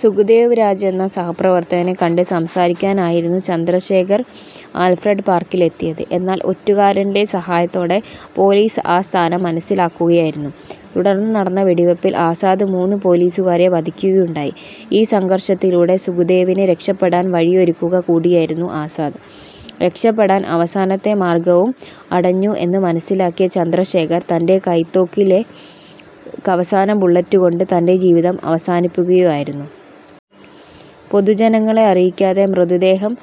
സുഖ്ദേവ് രാജ് എന്ന സഹപ്രവർത്തകനെ കണ്ട് സംസാരിക്കാനായിരുന്നു ചന്ദ്രശേഖർ ആൽഫ്രഡ് പാർക്കിലെത്തിയത്. എന്നാൽ ഒറ്റുകാരന്റെ സഹായത്തോടെ പോലീസ് ആ സ്ഥാനം മനസ്സിലാക്കുകായിരുന്നു. തുടർന്നു നടന്ന വെടിവെപ്പിൽ ആസാദ് മൂന്നു പോലീസുകാരെ വധിക്കുകയുണ്ടായി. ഈ സംഘർഷത്തിലൂടെ സുഖ്ദേവിന് രക്ഷപ്പെടാൻ വഴിയൊരുക്കുക കൂടിയായിരുന്നു ആസാദ്. രക്ഷപ്പെടാൻ അവസാനത്തെ മാർഗ്ഗവും അടഞ്ഞു എന്ന് മനസ്സിലാക്കിയ ചന്ദ്രശേഖർ തന്റെ കൈത്തോക്കിലെ അവസാന ബുള്ളറ്റുകൊണ്ട് തന്റെ ജീവിതം അവസാനിപ്പിക്കുകയായിരുന്നു. പൊതുജനങ്ങളെ അറിയിക്കാതെ മൃതദേഹം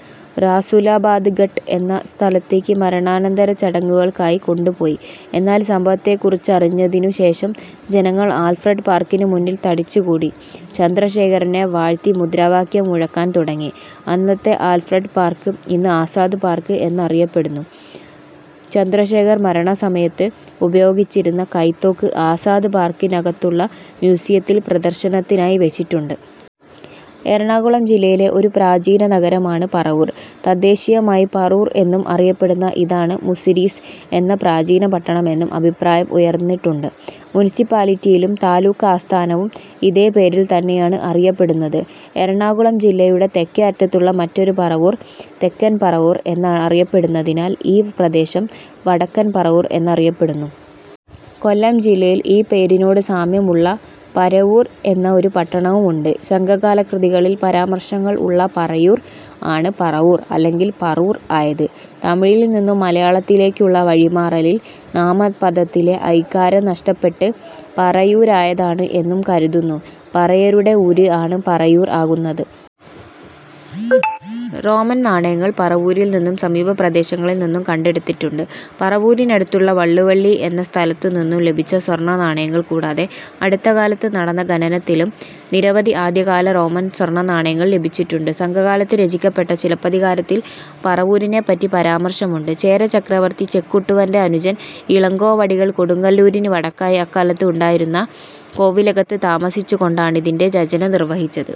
റാസുലാബാദ് ഘട്ട് എന്ന സ്ഥലത്തേക്ക് മരണാനന്തര ചടങ്ങുകൾക്കായി കൊണ്ടു പോയി. എന്നാൽ സംഭവത്തെക്കുറിച്ചറിഞ്ഞതിനുശേഷം ജനങ്ങൾ ആൽഫ്രഡ് പാർക്കിനുമുന്നിൽ തടിച്ചു കൂടി ചന്ദ്രശേഖറിനെ വാഴ്ത്തി മുദ്രാവാക്യം മുഴക്കാൻ തുടങ്ങി. അന്നത്തെ ആൽഫ്രഡ് പാർക്ക് ഇന്ന് ആസാദ് പാർക്ക് എന്നറിയപ്പെടുന്നു. ചന്ദ്രശേഖർ മരണസമയത്ത് ഉപയോഗിച്ചിരുന്ന കൈത്തോക്ക് ആസാദ് പാർക്കിനകത്തുള്ള മ്യൂസിയത്തിൽ പ്രദർശനത്തിനായി വെച്ചിട്ടുണ്ട്. എറണാകുളം ജില്ലയിലെ ഒരു പ്രാചീന നഗരമാണ് പറവൂർ. തദ്ദേശീയമായി പറൂർ എന്നും അറിയപ്പെടുന്ന ഇതാണ് മുസിരിസ് എന്ന പ്രാചീന പട്ടണമെന്നും അഭിപ്രായം ഉയർന്നിട്ടുണ്ട്. മുൻസിപ്പാലിറ്റിയും താലൂക്ക് ആസ്ഥാനവും ഇതേ പേരിൽ തന്നെയാണ് അറിയപ്പെടുന്നത്. എറണാകുളം ജില്ലയുടെ തെക്കേ അറ്റത്തുള്ള മറ്റൊരു പറവൂർ തെക്കൻ പറവൂർ എന്നറിയപ്പെടുന്നതിനാൽ, ഈ പ്രദേശം വടക്കൻ പറവൂർ എന്നറിയപ്പെടുന്നു. കൊല്ലം ജില്ലയിൽ ഈ പേരിനോടു സാമ്യം ഉള്ള പരവൂർ എന്ന ഒരു പട്ടണവും ഉണ്ട്. സംഘകാല കൃതികളിൽ പരാമർശങ്ങൾ ഉള്ള പറയൂർ ആണ് പറവൂർ അല്ലെങ്കിൽ പറൂർ ആയത്. തമിഴിൽ നിന്നും മലയാളത്തിലേക്കുള്ള വഴിമാറലിൽ നാമപദത്തിലെ ഐ കാരം നഷ്ടപ്പെട്ട് പറയൂരായതാണ് എന്നു കരുതുന്നു. പറയരുടെ ഊര് ആണ് പറയൂർ ആകുന്നത്. റോമൻ നാണയങ്ങൾ പറവൂരിൽ നിന്നും സമീപപ്രദേശങ്ങളിൽ നിന്നും കണ്ടെടുത്തിട്ടുണ്ട്. പറവൂരിനടുത്തുള്ള വള്ളുവള്ളി എന്ന സ്ഥലത്തുനിന്നും ലഭിച്ച സ്വർണ്ണനാണയങ്ങൾ കൂടാതെ അടുത്തകാലത്ത് നടന്ന ഖനനത്തിലും നിരവധി ആദ്യകാല റോമൻ സ്വർണ്ണനാണയങ്ങൾ ലഭിച്ചിട്ടുണ്ട്. സംഘകാലത്ത് രചിക്കപ്പെട്ട ചിലപ്പതികാരത്തിൽ പറവൂരിനെ പറ്റി പരാമർശമുണ്ട്. ചേരചക്രവർത്തി ചെക്കുട്ടുവന്റെ അനുജൻ ഇളങ്കോവടികൾ കൊടുങ്ങല്ലൂരിനു വടക്കായി അക്കാലത്ത് ഉണ്ടായിരുന്ന കോവിലകത്ത് താമസിച്ചുകൊണ്ടാണിതിന്റെ രചന നിർവ്വഹിച്ചത്.